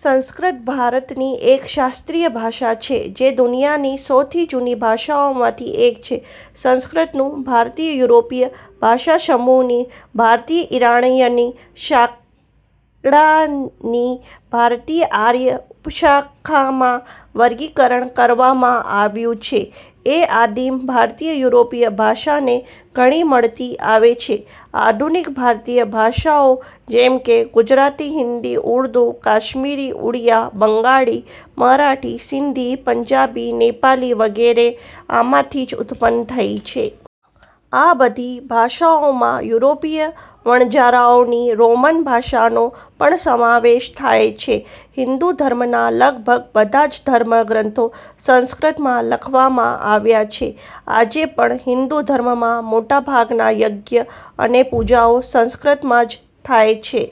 સંસ્કૃત ભારતની એક શાસ્ત્રીય ભાષા છે જે દુનિયાની સૌથી જુની ભાષાઓમાંની એક છે. સંસ્કૃતનું ભારતીય-યુરોપીય ભાષાસમૂહની ભારતીય-ઈરાણીયન શાખાની ભારતીય-આર્ય ઉપશાખામાં વર્ગીકરણ કરવામાં આવ્યું છે. એ આદિમ-ભારતીય-યુરોપીય ભાષાને ઘણી મળતી આવે છે. આધુનિક ભારતીય ભાષાઓ જેમકે ગુજરાતી, હિન્દી, ઉર્દૂ, કાશ્મીરી, ઉડિયા, બંગાળી, મરાઠી, સિંધી, પંજાબી, નેપાળી વગેરે આમાંથી જ ઉત્પન્ન થઈ છે. આ બધી ભાષાઓમાં યુરોપીય વણજારાઓ ની રોમન ભાષાનો પણ સમાવેશ થાય છે. હિન્દુ ધર્મના લગભગ બધા જ ધર્મગ્રંથો સંસ્કૃતમાં લખવામાં આવ્યા છે. આજે પણ હિન્દુ ધર્મમાં મોટાભાગના યજ્ઞ અને પૂજાઓ સંસ્કૃતમાં જ થાય છે.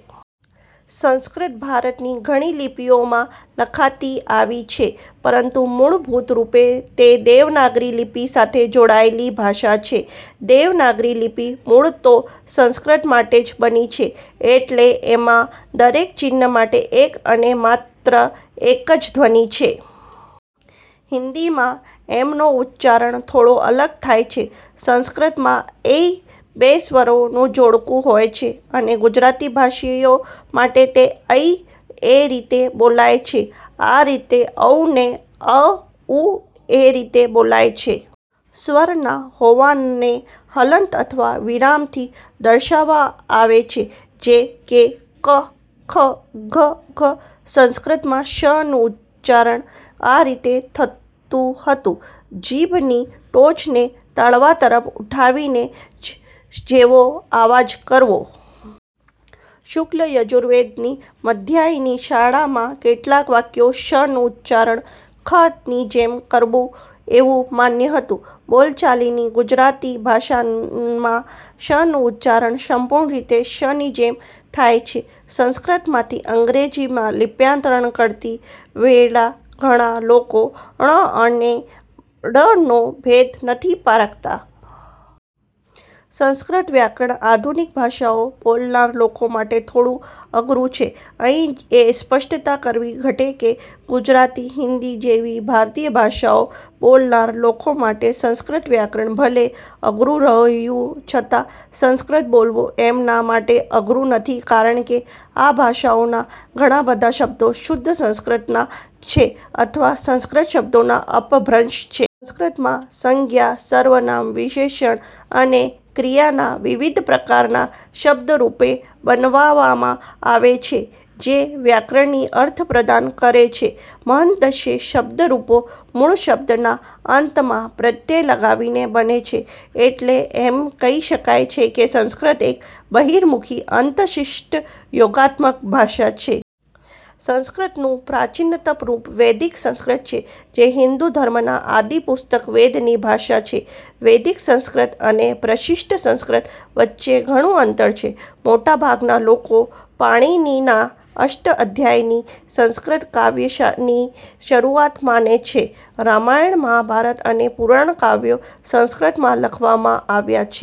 સંસ્કૃત ભારતની ઘણી લિપિઓમાં લખાતી આવી છે, પરંતુ મૂળભુત રૂપે તે દેવનાગરી લિપિ સાથે જોડાયેલી ભાષા છે. દેવનાગરી લિપિ મૂળ તો સંસ્કૃત માટે જ બની છે, એટલે એમાં દરેક ચિન્હ માટે એક અને માત્ર એક જ ધ્વનિ છે. હિન્દીમાં એમનો ઉચ્ચાર થોડો અલગ થાય છે. સંસ્કૃત માં "ઐ" બે સ્વરો નું જોડકું હોય છે અને ગુજરાતી ભાષીઓ માટે તે "અ-ઇ" એ રીતે બોલાય છે. આ રીતેજ "ઔ" ને "અ-ઉ" એ રીતે બોલાય છે. સ્વરના ન હોવાને હલન્ત અથવા વિરામથી દર્શાવવામાં આવે છે. જેમ કે ક્ ખ્ ગ્ ઘ્. સંસ્કૃતમાં ષ નું ઉચ્ચારણ આ રીતે થતું હતું: જીભની ટોચ ને તાળવા તરફ ઉઠાવીને શ જેવો અવાજ કરવો. શુક્લ યજુર્વેદ ની મદ્યાન્હિની શાખામાં કેટલાક વાક્યોમાં 'ષ' નું ઉચ્ચારણ 'ખ' ની જેમ કરવુ એવુ માન્ય હતું. બોલચાલની ગુજરાતી ભાષામાં 'ષ'નું ઉચ્ચારણ સંપૂર્ણ રીતે 'શ'ની જેમ થાય છે. સંસ્કૃતમાંથી અંગ્રેજીમાં લિપ્યાંતર કરતી વેળા ઘણા લોકો, ણ અને ળનો ભેદ નથી પારખતા. સંસ્કૃત વ્યાકરણ આધુનિક ભાષાઓ બોલનાર લોકો માટે થોડું અઘરૂ છે. અહીં એ સ્પષ્ટતા કરવી ઘટે કે ગુજરાતી, હીન્દી જેવી ભારતીય ભાષાઓ બોલનાર લોકો માટે સંસ્કૃત વ્યાકરણ ભલે અધરૂ રહ્યું છતાં સંસ્કૃત બોલવું એમના માટે અઘરૂં નથી કારણ કે આ ભાષાઓના ઘણાખરા શબ્દો શુદ્ધ સંસ્કૃતના જ છે અથવા સંસ્કૃત શબ્દોનાં અપભ્રંશ છે. સંસ્કૃતમાં સંજ્ઞા, સર્વનામ, વિશેષણ અને ક્રિયાના વિવિધ પ્રકારના શબ્દ-રૂપો બનાવવામાં આવે છે, જે વ્યાકરણિક અર્થ પ્રદાન કરે છે. મહદંશે શબ્દ-રૂપો મૂળશબ્દના અંતમાં પ્રત્યય લગાવીને બને છે. એટલે એમ કહી શકાય કે સંકૃત એક બહિર્મુખી-અન્ત-શ્લિષ્ટયોગાત્મક ભાષા છે. સંસ્કૃતનું પ્રાચીનતમ રૂપ વૈદિક સંસ્કૃત છે, જે હિન્દુ ધર્મના આદિ પુસ્તક વેદની ભાષા છે. વૈદિક સંસ્કૃત અને પ્રશિશ્ટ સંસ્કૃત વચ્ચે ઘણુ અંતર છે. મોટાભાગના લોકો પાણિનીના અષ્ટાધ્યાયીને સંસ્કૃત કાવ્યની શરુઆત માને છે. રામાયણ, મહાભારત અને પુરાણ કાવ્યો સંસ્કૃતમાં લખવામાં આવ્યા છે.